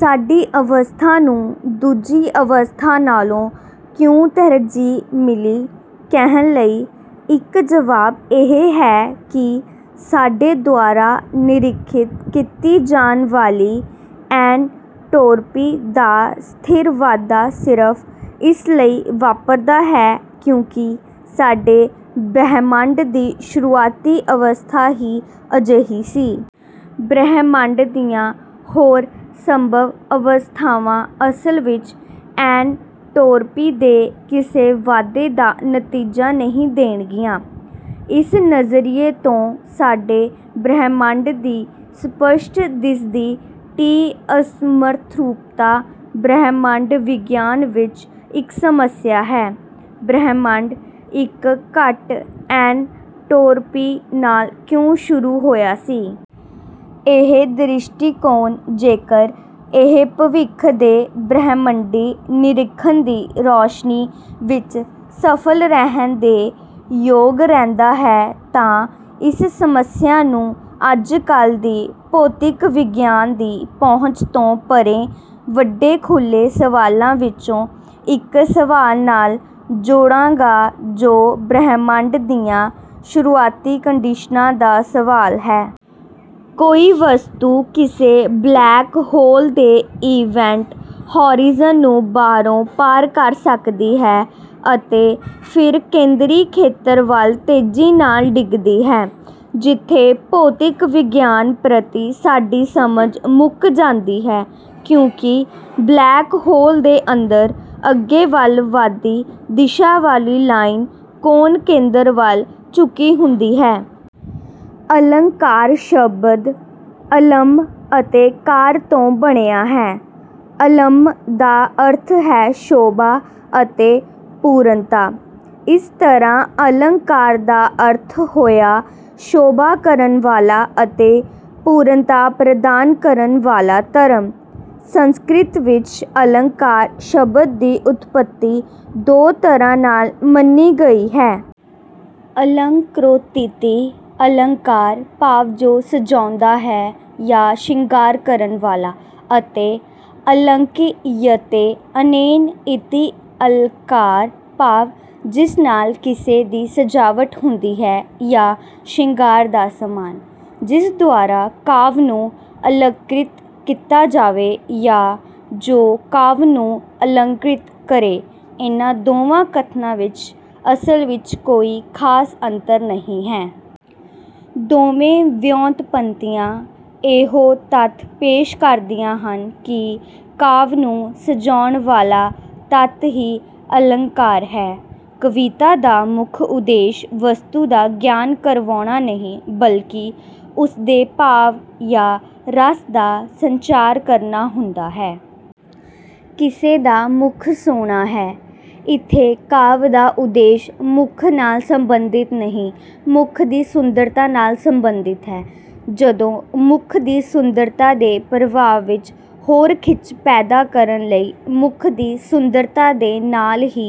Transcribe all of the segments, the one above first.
ਸਾਡੀ ਅਵਸਥਾ ਨੂੰ ਦੂਜੀ ਅਵਸਥਾ ਨਾਲੋਂ ਕਿਉਂ ਤਰਜੀਹ ਮਿਲੀ? ਕਹਿਣ ਲਈ ਇੱਕ ਜਵਾਬ ਇਹ ਹੈ ਕਿ ਸਾਡੇ ਦੁਆਰਾ ਨਿਰੀਖਤ ਕੀਤੀ ਜਾਣ ਵਾਲੀ ਐਨਟ੍ਰੌਪੀ ਦਾ ਸਥਿਰ ਵਾਧਾ ਸਿਰਫ਼ ਇਸ ਲਈ ਵਾਪਰਦਾ ਹੈ ਕਿਉਂਕਿ ਸਾਡੇ ਬ੍ਰਹਿਮੰਡ ਦੀ ਸ਼ੁਰੂਆਤੀ ਅਵਸਥਾ ਹੀ ਅਜਿਹੀ ਸੀ। ਬ੍ਰਹਿਮੰਡ ਦੀਆਂ ਹੋਰ ਸੰਭਵ ਅਵਸਥਾਵਾਂ ਅਸਲ ਵਿੱਚ ਐਨਟ੍ਰੌਪੀ ਦੇ ਕਿਸੇ ਵਾਧੇ ਦਾ ਨਤੀਜਾ ਨਹੀਂ ਦੇਣਗੀਆਂ। ਇਸ ਨਜ਼ਰੀਏ ਤੋਂ, ਸਾਡੇ ਬ੍ਰਹਿਮੰਡ ਦੀ ਸਪਸ਼ਟ ਦਿਸਦੀ ਟੀ-ਅਸਮਰੂਪਤਾ ਬ੍ਰਹਿਮੰਡ ਵਿਗਿਆਨ ਵਿੱਚ ਇੱਕ ਸਮੱਸਿਆ ਹੈ ਬ੍ਰਹਿਮੰਡ ਇੱਕ ਘੱਟ ਐਨਟ੍ਰੌਪੀ ਨਾਲ ਕਿਉਂ ਸ਼ੁਰੂ ਹੋਇਆ ਸੀ? ਇਹ ਦ੍ਰਿਸ਼ਟੀਕੋਣ, ਜੇਕਰ ਇਹ ਭਵਿੱਖ ਦੇ ਬ੍ਰਹਿਮੰਡੀ ਨਿਰੀਖਣ ਦੀ ਰੋਸ਼ਨੀ ਵਿੱਚ ਸਫਲ ਰਹਿਣ ਦੇ ਯੋਗ ਰਹਿੰਦਾ ਹੈ, ਤਾਂ ਇਸ ਸਮੱਸਿਆ ਨੂੰ ਅੱਜਕੱਲ੍ਹ ਦੀ ਭੌਤਿਕ ਵਿਗਿਆਨ ਦੀ ਪਹੁੰਚ ਤੋਂ ਪਰੇ ਵੱਡੇ ਖੁੱਲ੍ਹੇ ਸਵਾਲਾਂ ਵਿੱਚੋਂ ਇੱਕ ਸਵਾਲ ਨਾਲ ਜੋੜੇਗਾ ਜੋ ਬ੍ਰਹਿਮੰਡ ਦੀਆਂ ਸ਼ੁਰੂਆਤੀ ਕੰਡੀਸ਼ਨਾਂ ਦਾ ਸਵਾਲ ਹੈ। ਕੋਈ ਵਸਤੂ ਕਿਸੇ ਬਲੈਕ ਹੋਲ ਦੇ ਇਵੈਂਟ ਹੌਰਿਜ਼ਨ ਨੂੰ ਬਾਹਰੋਂ ਪਾਰ ਕਰ ਸਕਦੀ ਹੈ, ਅਤੇ ਫਿਰ ਕੇਂਦਰੀ ਖੇਤਰ ਵੱਲ ਤੇਜ਼ੀ ਨਾਲ ਡਿੱਗਦੀ ਹੈ ਜਿੱਥੇ ਭੌਤਿਕ ਵਿਗਿਆਨ ਪ੍ਰਤੀ ਸਾਡੀ ਸਮਝ ਮੁੱਕ ਜਾਂਦੀ ਹੈ। ਕਿਉਂਕਿ ਬਲੈਕ ਹੋਲ ਦੇ ਅੰਦਰ ਅੱਗੇ ਵੱਲ ਵਧਦੀ ਦਿਸ਼ਾ ਵਾਲੀ ਲਾਈਟ ਕੋਨ ਕੇਂਦਰ ਵੱਲ ਝੁਕੀ ਹੁੰਦੀ ਹੈ। ਅਲੰਕਾਰ ਸ਼ਬਦ 'ਅਲੰਮ੍' ਅਤੇ 'ਕਾਰ' ਤੋਂ ਬਣਿਆ ਹੈ। 'ਅਲੰਮ੍' ਦਾ ਅਰਥ ਹੈ ਸ਼ੋਭਾ ਅਤੇ ਪੂਰਣਤਾ। ਇਸ ਤਰ੍ਹਾਂ ਅਲੰਕਾਰ ਦਾ ਅਰਥ ਹੋਇਆ ਸ਼ੋਭਾ ਕਰਨ ਵਾਲਾ ਅਤੇ ਪੂਰਣਤਾ ਪ੍ਰਦਾਨ ਕਰਨ ਵਾਲਾ ਧਰਮ। ਸੰਸਕ੍ਰਿਤ ਵਿੱਚ ਅਲੰਕਾਰ ਸ਼ਬਦ ਦੀ ਉਤਪੱਤੀ ਦੋ ਤਰ੍ਹਾਂ ਨਾਲ ਮੰਨੀ ਗਈ ਹੈ। 'ਅਲੰਕਰੋਤਿਤੀ ਅਲੰਕਾਰ' ਭਾਵ ਜੋ ਸਜਾਉਂਦਾ ਹੈ ਜਾਂ ਸ਼ਿੰਗਾਰ ਕਰਨ ਵਾਲਾ ਅਤੇ 'ਅਲੰਕ੍ਰਿਯਤੇ ਅਨੇਨ ਇਤਿ ਅਲੰਕਾਰ' ਭਾਵ ਜਿਸ ਨਾਲ ਕਿਸੇ ਦੀ ਸਜਾਵਟ ਹੁੰਦੀ ਹੈ ਜਾਂ ਸ਼ਿੰਗਾਰ ਦਾ ਸਮਾਨ। ਜਿਸ ਦੁਆਰਾ ਕਾਵਿ ਨੂੰ ਅਲੰਕ੍ਰਿਤ ਕੀਤਾ ਜਾਵੇ ਜਾਂ ਜੋ ਕਾਵਿ ਨੂੰ ਅਲੰਕ੍ਰਿਤ ਕਰੇ, ਇਹਨਾਂ ਦੋਵਾਂ ਕਥਨਾਂ ਵਿੱਚ ਅਸਲ ਵਿੱਚ ਕੋਈ ਖਾਸ ਅੰਤਰ ਨਹੀਂ ਹੈ। ਦੋਵੇਂ ਵਿਉਤਪੱਤੀਆਂ ਇਹੋ ਤੱਥ ਪੇਸ਼ ਕਰਦੀਆਂ ਹਨ ਕਿ ਕਾਵਿ ਨੂੰ ਸਜਾਉਣ ਵਾਲਾ ਤੱਤ ਹੀ ਅਲੰਕਾਰ ਹੈ। ਕਵਿਤਾ ਦਾ ਮੁੱਖ ਉਦੇਸ਼ ਵਸਤੂ ਦਾ ਗਿਆਨ ਕਰਵਾਉਣਾ ਨਹੀਂ, ਬਲਕਿ ਉਸਦੇ ਭਾਵ ਜਾਂ ਰਸ ਦਾ ਸੰਚਾਰ ਕਰਨਾ ਹੁੰਦਾ ਹੈ। "ਕਿਸੇ ਦਾ ਮੁੱਖ ਸੋਹਣਾ ਹੈ" - ਇੱਥੇ ਕਾਵਿ ਦਾ ਉਦੇਸ਼ ਮੁੱਖ ਨਾਲ ਸੰਬੰਧਿਤ ਨਹੀਂ, ਮੁੱਖ ਦੀ ਸੁੰਦਰਤਾ ਨਾਲ ਸੰਬੰਧਿਤ ਹੈ। ਜਦੋਂ ਮੁੱਖ ਦੀ ਸੁੰਦਰਤਾ ਦੇ ਪ੍ਰਭਾਵ ਵਿੱਚ ਹੋਰ ਖਿੱਚ ਪੈਦਾ ਕਰਨ ਲਈ ਮੁੱਖ ਦੀ ਸੁੰਦਰਤਾ ਦੇ ਨਾਲ ਹੀ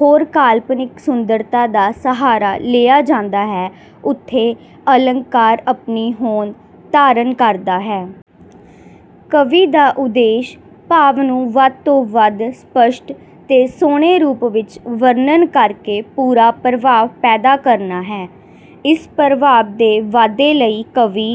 ਹੋਰ ਕਾਲਪਨਿਕ ਸੁੰਦਰਤਾ ਦਾ ਸਹਾਰਾ ਲਿਆ ਜਾਂਦਾ ਹੈ, ਉੱਥੇ ਅਲੰਕਾਰ ਆਪਣੀ ਹੋਂਦ ਧਾਰਨ ਕਰਦਾ ਹੈ। ਕਵੀ ਦਾ ਉਦੇਸ਼ ਭਾਵ ਨੂੰ ਵੱਧ ਤੋਂ ਵੱਧ ਸਪਸ਼ਟ ਤੇ ਸੋਹਣੇ ਰੂਪ ਵਿੱਚ ਵਰਣਨ ਕਰਕੇ ਪੂਰਾ ਪ੍ਰਭਾਵ ਪੈਦਾ ਕਰਨਾ ਹੈ। ਇਸ ਪ੍ਰਭਾਵ ਦੇ ਵਾਧੇ ਲਈ ਕਵੀ